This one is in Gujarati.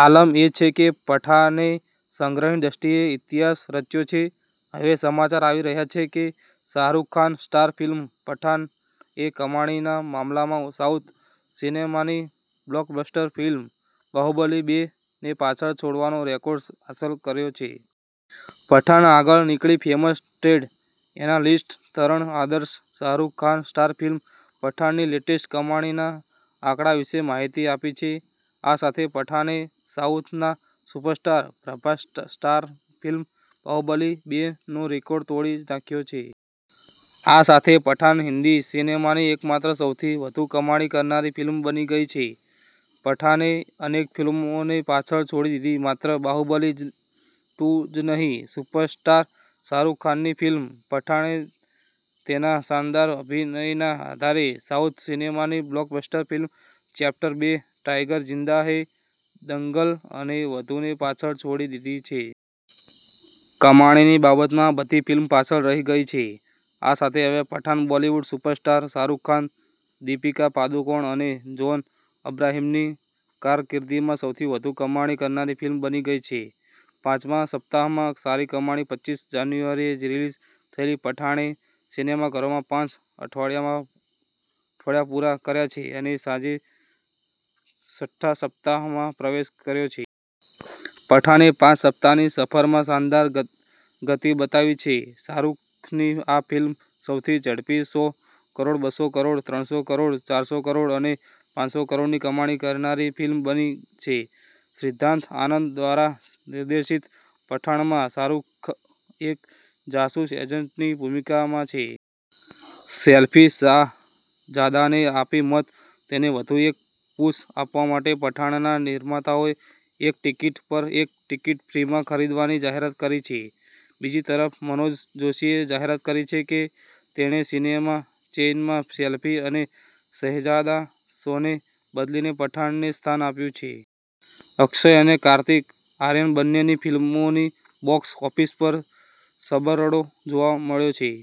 આલમ એ છે કે 'પઠાને' સંગ્રહની દૃષ્ટિએ ઇતિહાસ રચ્યો છે. હવે સમાચાર આવી રહ્યા છે કે શાહરૂખ ખાન સ્ટાર ફિલ્મ 'પઠાન'એ કમાણીના મામલામાં સાઉથ સિનેમાની બ્લોકબસ્ટર ફિલ્મ 'બાહુબલી બે 'ને પાછળ છોડવાનો રેકોર્ડ હાંસલ કર્યો છે. 'પઠાન' આગળ નીકળી ફેમસ ટ્રેડ એનાલિસ્ટ તરણ આદર્શે શાહરૂખ ખાન સ્ટાર ફિલ્મ 'પઠાણ'ની લેટેસ્ટ કમાણીના આંકડા વિશે માહિતી આપી છે. આ સાથે 'પઠાને' સાઉથના superstar Prabhas starrer film 'Baahubali બે 'નો રેકોર્ડ તોડી નાખ્યો છે. આ સાથે 'પઠાન' હિન્દી સિનેમાની એકમાત્ર સૌથી વધુ કમાણી કરનારી ફિલ્મ બની ગઈ છે. 'પઠાને' અનેક ફિલ્મોને પાછળ છોડી દીધી માત્ર 'બાહુબલી ટુ' જ નહીં, સુપરસ્ટાર શાહરૂખ ખાનની ફિલ્મ 'પઠાણ'એ તેના શાનદાર અભિનયના આધારે સાઉથ સિનેમાની બ્લોકબસ્ટર ફિલ્મ ચેપ્ટર બે, ટાઈગર ઝિંદા હૈ, દંગલ અને વધુને પાછળ છોડી દીધી છે. કમાણીની બાબતમાં આ બધી ફિલ્મ પાછળ રહી ગઈ છે. આ સાથે હવે પઠાન બોલિવૂડ સુપરસ્ટાર શાહરૂખ ખાન, દીપિકા પાદુકોણ અને જોન અબ્રાહમની કારકિર્દીમાં સૌથી વધુ કમાણી કરનારી ફિલ્મ બની ગઈ છે. પાંચમા સપ્તાહમાં સારી કમાણી પચ્ચીસ જાન્યુઆરીએ રિલીઝ થયેલી પઠાણે સિનેમાઘરોમાં પાંચ અઠવાડિયા પૂરા કર્યા છે અને આજે છઠ્ઠા સપ્તાહમાં પ્રવેશ કર્યો છે. પઠાને પાંચ સપ્તાહની સફરમાં શાનદાર ગતિ બતાવી છે. શાહરૂખની આ ફિલ્મ સૌથી ઝડપી સો કરોડ, બસો કરોડ, ત્રણસો કરોડ, ચારસો કરોડ અને પાંસો કરોડની કમાણી કરનારી ફિલ્મ બની છે. સિદ્ધાર્થ આનંદ દ્વારા નિર્દેશિત પઠાણમાં શાહરૂખ એક જાસૂસ એજન્ટની ભૂમિકામાં છે. સેલ્ફી-શાહજાદાને આપી માત તેને વધુ એક પુશ આપવા માટે, પઠાણના નિર્માતાઓએ એક ટિકિટ પર એક ટીકીટ ફ્રીમાં ખરીદવાની જાહેરાત કરી છે. બીજી તરફ મનોજ જોશીએ જાહેરાત કરી છે કે, તેણે સિનેમા ચેઈનમાં સેલ્ફી અને શહેઝાદા શોને બદલીને પઠાણને સ્થાન આપ્યું છે. અક્ષય અને કાર્તિક આર્યન બંનેની ફિલ્મોની બોક્સ ઓફિસ પર છબરડો જોવા મળ્યો છે.